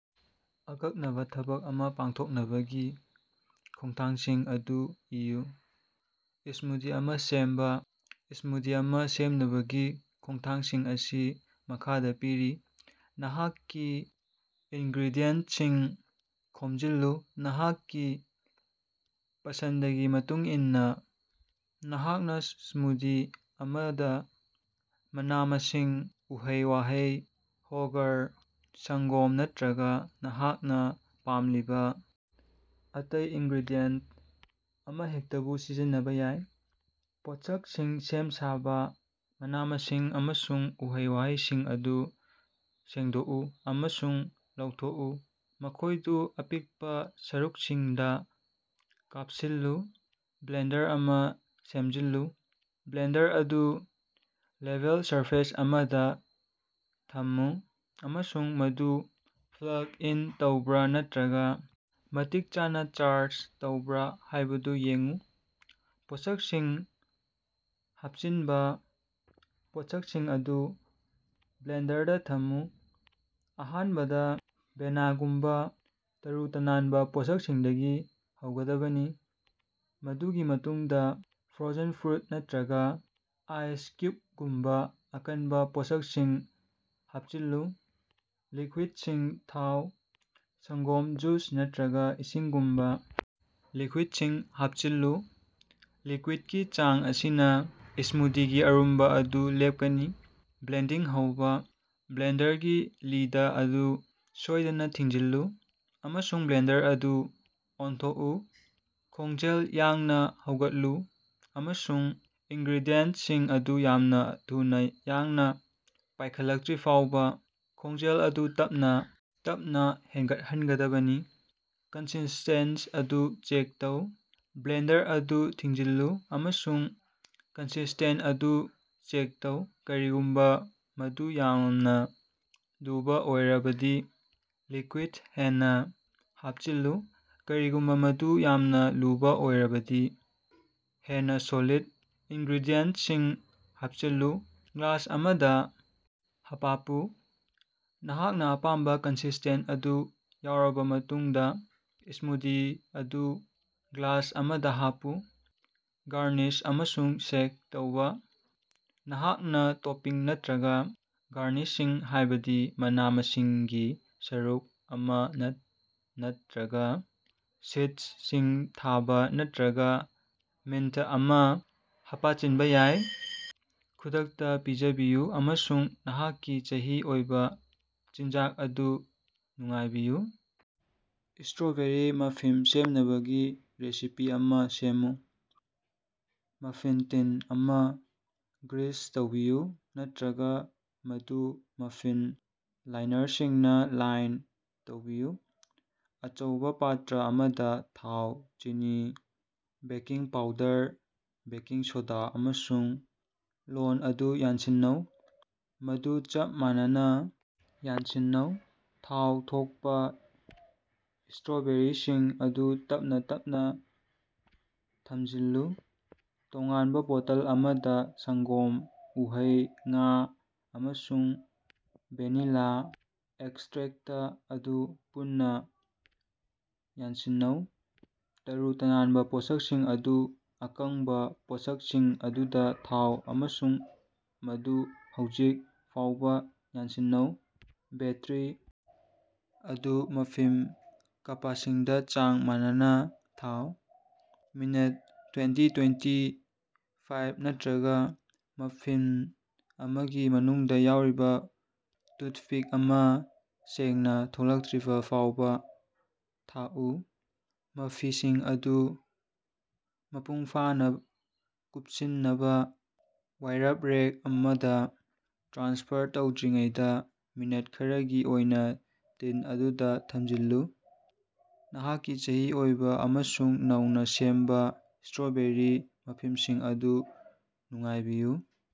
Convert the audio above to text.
ꯑꯀꯛꯅꯕ ꯊꯕꯛ ꯑꯃ ꯄꯥꯡꯊꯣꯛꯅꯕꯒꯤ ꯈꯣꯡꯊꯥꯡꯁꯤꯡ ꯑꯗꯨ ꯏꯌꯨ꯫ ꯁ꯭ꯃꯨꯗꯤ ꯑꯃ ꯁꯦꯝꯕ꯫ ꯁ꯭ꯃꯨꯗꯤ ꯑꯃ ꯁꯦꯝꯅꯕꯒꯤ ꯈꯣꯡꯊꯥꯡꯁꯤꯡ ꯑꯁꯤ ꯃꯈꯥꯗꯥ ꯄꯤꯔꯤ: ꯅꯍꯥꯛꯀꯤ ꯏꯅꯒ꯭ꯔꯦꯗꯤꯌꯦꯟꯇꯁꯤꯡ ꯈꯣꯝꯖꯤꯜꯂꯨ: ꯅꯍꯥꯛꯀꯤ ꯄꯁꯟꯗꯒꯤ ꯃꯇꯨꯡꯏꯟꯅ, ꯅꯍꯥꯛꯅ ꯁ꯭ꯃꯨꯗꯤ ꯑꯃꯗ ꯃꯅꯥ-ꯃꯁꯤꯡ, ꯎꯍꯩ-ꯋꯥꯍꯩ, ꯍꯣꯒꯔ, ꯁꯪꯒꯣꯝ ꯅꯠꯇꯔꯒꯥ ꯅꯍꯥꯛꯅ ꯄꯥꯝꯂꯤꯕ ꯑꯇꯩ ꯏꯟꯒ꯭ꯔꯦꯗꯤꯌꯦꯟꯇ ꯑꯃꯍꯦꯛꯇꯕꯨ ꯁꯤꯖꯤꯟꯅꯕꯥ ꯌꯥꯏ꯫ ꯄꯣꯠꯁꯛꯁꯤꯡ ꯁꯦꯝ-ꯁꯥꯕꯥ: ꯃꯅꯥ-ꯃꯁꯤꯡ ꯑꯃꯁꯨꯡ ꯎꯍꯩ-ꯋꯥꯍꯩꯁꯤꯡ ꯑꯗꯨ ꯁꯦꯡꯗꯣꯛꯎ ꯑꯃꯁꯨꯡ ꯂꯧꯊꯣꯛꯎ꯫ ꯃꯈꯣꯏꯗꯨ ꯑꯄꯤꯛꯄꯥ ꯁꯔꯨꯛꯁꯤꯡꯗ ꯀꯥꯞꯁꯤꯜꯂꯨ꯫ ꯕ꯭ꯂꯦꯟꯗꯔ ꯑꯃ ꯁꯦꯝꯖꯤꯜꯂꯨ: ꯕ꯭ꯂꯦꯟꯗꯔ ꯑꯗꯨ ꯂꯦꯚꯦꯜ ꯁꯔꯐꯦꯁ ꯑꯃꯗ ꯊꯝꯃꯨ ꯑꯃꯁꯨꯡ ꯃꯗꯨ ꯄ꯭ꯂꯒ ꯏꯟ ꯇꯧꯕ꯭ꯔꯥ ꯅꯠꯇ꯭ꯔꯒ ꯃꯇꯤꯛ ꯆꯥꯅ ꯆꯥꯔꯖ ꯇꯧꯕ꯭ꯔꯥ ꯍꯥꯏꯕꯗꯨ ꯌꯦꯡꯎ꯫ ꯄꯣꯠꯁꯛꯁꯤꯡ ꯍꯥꯞꯆꯤꯟꯕ: ꯄꯣꯠꯁꯛꯁꯤꯡ ꯑꯗꯨ ꯕ꯭ꯂꯦꯟꯗꯔꯗ ꯊꯝꯃꯨ꯫ ꯑꯍꯥꯟꯕꯗ ꯕꯦꯅꯥꯒꯨꯝꯕ ꯇꯔꯨ-ꯇꯅꯥꯟꯕ ꯄꯣꯠꯁꯛꯁꯤꯡꯗꯒꯤ ꯍꯧꯒꯗꯕꯅꯤ, ꯃꯗꯨꯒꯤ ꯃꯇꯨꯡꯗꯥ ꯐ꯭ꯔꯣꯖꯟ ꯐ꯭ꯔꯨꯠ ꯅꯠꯇꯔꯒꯥ ꯑꯥꯏꯁ ꯀ꯭ꯌꯨꯕꯒꯨꯝꯕ ꯑꯀꯟꯕ ꯄꯣꯠꯁꯛꯁꯤꯡ ꯍꯥꯞꯆꯤꯜꯂꯨ꯫ ꯂꯤꯛꯌꯨꯏꯗꯁꯤꯡ ꯊꯥꯎ: ꯁꯪꯒꯣꯝ, ꯖꯨꯁ ꯅꯠꯇꯔꯒꯥ ꯏꯁꯤꯡꯒꯨꯝꯕ ꯂꯤꯛꯌꯨꯏꯗꯁꯤꯡ ꯍꯥꯞꯆꯤꯜꯂꯨ꯫ ꯂꯤꯀ꯭ꯌꯨꯏꯗꯀꯤ ꯆꯥꯡ ꯑꯁꯤꯅ ꯁ꯭ꯃꯨꯗꯤꯒꯤ ꯑꯔꯨꯝꯕ ꯑꯗꯨ ꯂꯦꯞꯀꯅꯤ꯫ ꯕ꯭ꯂꯦꯟꯗꯤꯡ ꯍꯧꯕ: ꯕ꯭ꯂꯦꯟꯗꯔꯒꯤ ꯂꯤꯗ ꯑꯗꯨ ꯁꯣꯏꯗꯅ ꯊꯤꯡꯖꯤꯜꯂꯨ, ꯑꯃꯁꯨꯡ ꯕ꯭ꯂꯦꯟꯗꯔ ꯑꯗꯨ ꯑꯣꯟꯊꯣꯛꯎ꯫ ꯈꯣꯡꯖꯦꯜ ꯌꯥꯡꯅ ꯍꯧꯒꯠꯂꯨ ꯑꯃꯁꯨꯡ ꯏꯟꯒ꯭ꯔꯦꯗꯤꯌꯦꯟꯇꯁꯤꯡ ꯑꯗꯨ ꯌꯥꯝꯅ ꯊꯨꯅ ꯌꯥꯡꯅ ꯄꯥꯏꯈꯠꯂꯛꯇꯔꯤꯐꯥꯎꯕ ꯈꯣꯡꯖꯦꯜ ꯑꯗꯨ ꯇꯞꯅꯥ ꯇꯞꯅꯥ ꯍꯦꯟꯒꯠꯍꯟꯒꯗꯕꯅꯤ꯫ ꯀꯟꯁꯤꯁꯇꯦꯟꯁ ꯑꯗꯨ ꯆꯦꯛ ꯇꯧ: ꯕ꯭ꯂꯦꯟꯗꯔ ꯑꯗꯨ ꯊꯤꯡꯖꯤꯜꯂꯨ ꯑꯃꯁꯨꯡ ꯀꯟꯁꯤꯁꯇꯦꯟꯁ ꯑꯗꯨ ꯆꯦꯛ ꯇꯧ꯫ ꯀꯔꯤꯒꯨꯝꯕ ꯃꯗꯨ ꯌꯥꯝꯅ ꯂꯨꯕ ꯑꯣꯏꯔꯕꯗꯤ, ꯂꯤꯀ꯭ꯌꯨꯏꯗ ꯍꯦꯟꯅ ꯍꯥꯞꯆꯤꯜꯂꯨ; ꯀꯔꯤꯒꯨꯝꯕ ꯃꯗꯨ ꯌꯥꯝꯅ ꯂꯨꯕꯥ ꯑꯣꯏꯔꯕꯗꯤ, ꯍꯦꯟꯅ ꯁꯣꯂꯤꯗ ꯏꯟꯒ꯭ꯔꯦꯗꯤꯌꯦꯟꯇꯁꯤꯡ ꯍꯥꯞꯆꯤꯜꯂꯨ꯫ ꯒ꯭ꯂꯥꯁ ꯑꯃꯗ ꯍꯥꯄꯄꯨ: ꯅꯍꯥꯛꯅ ꯑꯄꯥꯝꯕ ꯀꯟꯁꯤꯁꯇꯦꯟꯁ ꯑꯗꯨ ꯌꯥꯎꯔꯕ ꯃꯇꯨꯡꯗ, ꯁ꯭ꯃꯨꯗꯤ ꯑꯗꯨ ꯒ꯭ꯂꯥꯁ ꯑꯃꯗ ꯍꯥꯞꯄꯨ꯫ ꯒꯥꯔꯅꯤꯁ ꯑꯃꯁꯨꯡ ꯁꯦꯚ ꯇꯧꯕ: ꯅꯍꯥꯛꯅ ꯇꯣꯄꯤꯡ ꯅꯠꯇ꯭ꯔꯒꯥ ꯒꯥꯔꯅꯤꯁꯁꯤꯡ ꯍꯥꯏꯕꯗꯤ ꯃꯅꯥ-ꯃꯁꯤꯡꯒꯤ ꯁꯔꯨꯛ ꯑꯃꯥ, ꯅꯠ ꯅꯠꯇꯔꯒ ꯁꯤꯗꯁꯤꯡ ꯊꯥꯕ ꯅꯠꯇꯔꯒꯥ ꯃꯤꯟꯇ ꯑꯃ ꯍꯥꯄꯆꯤꯟꯕ ꯌꯥꯏ꯫ ꯈꯨꯗꯛꯇꯥ ꯄꯤꯖꯕꯤꯌꯨ ꯑꯃꯁꯨꯡ ꯅꯍꯥꯛꯀꯤ ꯃꯆꯤ ꯑꯣꯏꯕ ꯆꯤꯟꯖꯥꯛ ꯑꯗꯨ ꯅꯨꯡꯉꯥꯏꯕꯤꯌꯨ! ꯁ꯭ꯇꯔꯣꯕꯦꯔꯤ ꯃꯐꯤꯟ ꯁꯦꯝꯅꯕꯒꯤ ꯔꯦꯁꯤꯄꯤ ꯑꯃ ꯁꯦꯝꯃꯨ꯫ ꯃꯐꯤꯟ ꯇꯤꯟ ꯑꯃ ꯒ꯭ꯔꯤꯁ ꯇꯧꯕꯤꯌꯨ ꯅꯠꯇ꯭ꯔꯒ ꯃꯗꯨ ꯃꯐꯤꯟ ꯂꯥꯏꯅꯔꯁꯤꯡꯅ ꯂꯥꯏꯟ ꯇꯧꯕꯤꯌꯨ꯫ ꯑꯆꯧꯕ ꯄꯥꯇ꯭ꯔ ꯑꯃꯗ, ꯊꯥꯎ, ꯆꯤꯅꯤ, ꯕꯦꯀꯤꯡ ꯄꯥꯎꯗꯔ, ꯕꯦꯀꯤꯡ ꯁꯣꯗꯥ ꯑꯃꯁꯨꯡ ꯂꯣꯟ ꯑꯗꯨ ꯌꯥꯟꯁꯤꯟꯅꯧ, ꯃꯗꯨ ꯆꯞ ꯃꯥꯟꯅꯅ ꯌꯥꯟꯁꯤꯟꯅꯧ꯫ ꯊꯥꯎ ꯊꯣꯛꯄꯥ ꯁ꯭ꯇꯔꯣꯕꯦꯔꯤꯁꯤꯡ ꯑꯗꯨ ꯇꯞꯅ ꯇꯞꯅ ꯊꯝꯖꯤꯜꯂꯨ꯫ ꯇꯣꯉꯥꯟꯕ ꯕꯣꯇꯜ ꯑꯃꯗ ꯁꯪꯒꯣꯝ, ꯎꯍꯩ, ꯉꯥ, ꯑꯃꯁꯨꯡ ꯚꯦꯅꯤꯂ ꯑꯦꯛꯁꯇꯔꯦꯛꯇ ꯑꯗꯨ ꯄꯨꯟꯅ ꯌꯥꯟꯁꯤꯟꯅꯧ꯫ ꯇꯔꯨ-ꯇꯅꯥꯟꯕ ꯄꯣꯠꯁꯛꯁꯤꯡ ꯑꯗꯨ ꯑꯀꯪꯕ ꯄꯣꯠꯁꯛꯁꯤꯡ ꯑꯗꯨꯗ ꯊꯥꯎ ꯑꯃꯁꯨꯡ ꯃꯗꯨ ꯍꯧꯖꯤꯛ ꯐꯥꯎꯕꯥ ꯌꯥꯟꯁꯤꯟꯅꯧ꯫ ꯕꯦꯇꯔꯤ ꯑꯗꯨ ꯃꯐꯤꯟ ꯀꯄꯁꯤꯡꯗꯥ ꯆꯥꯡ ꯃꯥꯟꯅꯅꯥ ꯊꯥꯎ꯫ ꯃꯤꯅꯠ ꯇ꯭ꯋꯦꯟꯇꯤ-ꯇ꯭ꯋꯦꯟꯇꯤ ꯐꯥꯏꯚ ꯅꯠꯇ꯭ꯔꯒꯥ ꯃꯐꯤꯟ ꯑꯃꯒꯤ ꯃꯅꯨꯡꯗꯥ ꯌꯥꯎꯔꯤꯕ ꯇꯨꯊꯄꯤꯛ ꯑꯃ ꯁꯦꯡꯅꯥ ꯊꯣꯛꯂꯛꯇꯔꯤꯕꯐꯥꯎꯕꯥ ꯊꯥꯛꯎ꯫ ꯃꯐꯤꯁꯤꯡ ꯑꯗꯨ ꯃꯄꯨꯡꯐꯥꯅ ꯀꯨꯞꯁꯤꯟꯅꯕ ꯋꯥꯏꯔꯞ ꯔꯦꯛ ꯑꯃꯗ ꯇ꯭ꯔꯥꯟꯁꯐꯔ ꯇꯧꯗ꯭ꯔꯤꯉꯩꯗꯥ ꯃꯤꯅꯠ ꯈꯔꯒꯤ ꯑꯣꯏꯅ ꯇꯤꯟ ꯑꯗꯨꯗ ꯊꯝꯖꯤꯜꯂꯨ꯫ ꯅꯍꯥꯛꯀꯤ ꯃꯆꯤ ꯑꯣꯏꯕ ꯑꯃꯁꯨꯡ ꯅꯧꯅ ꯁꯦꯝꯕ ꯁ꯭ꯇꯔꯣꯕꯦꯔꯤ ꯃꯐꯤꯁꯤꯡ ꯑꯗꯨ ꯅꯨꯡꯉꯥꯏꯕꯤꯌꯨ!